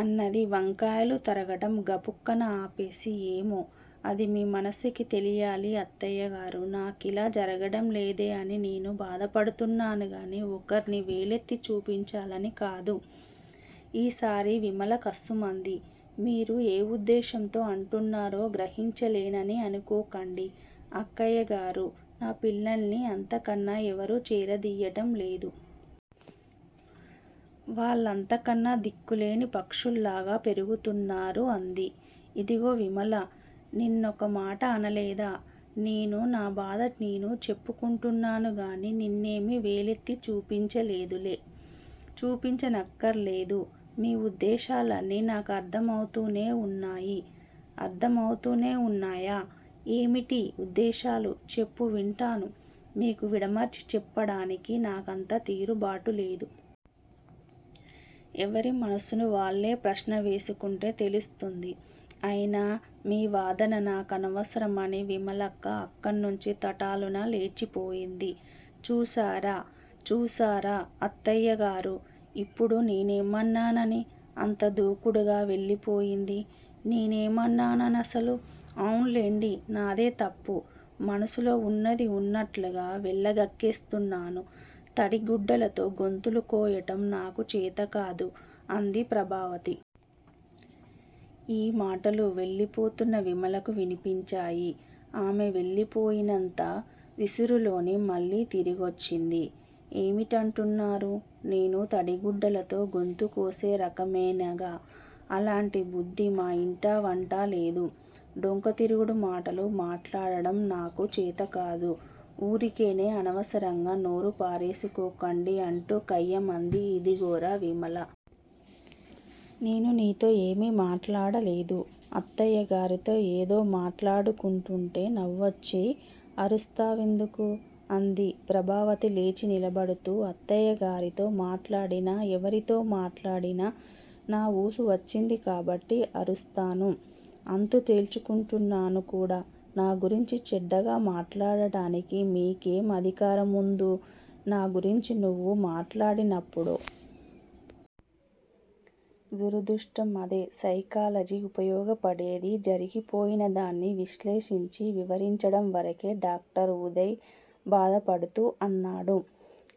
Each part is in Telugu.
అన్నది వంకాయలు తరగటం గబుక్కున ఆపేసి. ఏమో, అది మీ మనస్సుకి తెలియాలి అత్తయ్యగారూ! నాకిలా జరగటం లేదే అని నేను బాధపడుతున్నాను గానీ ఒకర్ని వేలెత్తి చూపించాలని కాదు. ఈసారి విమల కస్సుమంది. మీరు ఏ ఉద్దేశంతో అంటున్నారో గ్రహించలేనని అనుకోకండి అక్కయ్యగారూ! నా పిల్లల్ని అంతకన్నా ఎవరూ చేరదియ్యటంలేదు. వాళ్ళంతకన్నా దిక్కులేని పక్షుల్లాగా పెరుగుతున్నారు అంది. ఇదిగో విమలా, నిన్నొకమాట అనలేదు నేను. నా బాధ నేను చెప్పుకుంటున్నాను గానీ నిన్నేమీ వేలెత్తి చూపించలేదులె? చూపించనక్కరలేదు. మీ ఉద్దేశాలన్నీ నాకర్ధమవుతూనే వున్నాయి. అర్ధమవుతూనే వున్నాయా? ఏమిటి ఉద్దేశాలు చెప్పు వింటాను? మీకు విడమరిచి చెప్పడానికి నాకంత తీరుబాటు లేదు. ఎవరి మనస్సును వాళ్ళే ప్రశ్నవేసుకుంటే తెలుస్తుంది. అయినా మీ వాదన నాకనవసరం అని విమలక్క అక్కడ్నుంచి తటాలున లేచిపోయింది. చూశారా, చూశారా అత్తయ్యగారూ! ఇప్పుడు నేనేమన్నానని అంత దూకుడుగా వెళ్ళిపోయింది? నేనేమన్నానని అసలు? అవున్లెండి, నాదే తప్పు మనసులో వున్నది వున్నట్లుగా వెళ్ళగక్కేస్తూన్నాను. తడి గుడ్డలతో గొంతులు కోయటం నాకు చేతకాదు అంది ప్రభావతి. ఈ మాటలు వెళ్ళిపోతున్న విమలకు వినిపించాయి. ఆమె వెళ్ళిపోయినంత విసురులోనే మళ్ళీ తిరిగోచ్చింది. ఏమిటంటున్నారు? నేను తడిగుడ్డలతో గొంతుకోసే రకమనేగా? అలాంటి బుద్ది మా ఇంటా వంటా లేదు. డొంకతిరుగుడు మాటలు మాట్లాడటం నాకు చేతకాదు. ఊరికేనే అనవసరంగా నోరు పారేసుకోకండి అంటూ కయ్యిమంది. ఇదిగో విమలా! నేను నీతో ఏమీ మాట్లాడలేదు. అత్తయ్యగారితో ఏదో మాట్లాడుకుంటుంటే నువ్వచ్చి అరుస్తావెందుకు? అంది ప్రభావతి లేచి నిలబడుతూ. అత్తయ్యగారితో మాట్లాడినా, ఎవరితో మాట్లాడినా నా ఊసు వచ్చింది కాబట్టి అరుస్తాను. అంతు తేల్చుకుంటునాను కూడ నా గురించి చెడ్డగా మాట్లాడటానికి మీకేం అధికారముందు? నాగురించి నువ్వు మాట్లాడినప్పుడో. దురదృష్టం అదే సైకాలజీ ఉపయోగపడేది జరిగిపోయినదాన్ని విశ్లేషించి వివరించడంవరకే డాక్టర్ ఉదయ్ బాధపడుతూ అన్నాడు.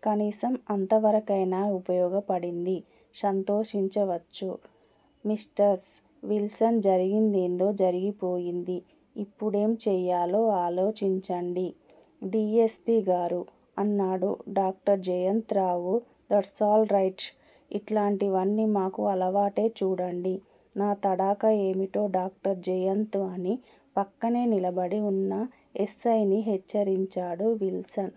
కనీసం అంతవరకయినా ఉపయోగపడింది. సంతోషించవచ్చు. మిష్టర్స్ విల్సన్ జరిగిందేదో జరిగిపోయింది. ఇప్పుడేం చెయ్యాలో ఆలోచించండి డి. యస్. పి. గారూ? అన్నాడు doctor Jayant Rao. That's all right! ఇట్లాటివన్నీ మాకు అలవాటే చూడండి నాతడాఖా ఏమిటో డాక్టర్ జయంత్ అని పక్కనే నిలబడి వున్న యస్సైని హెచ్చరించాడు విల్సన్.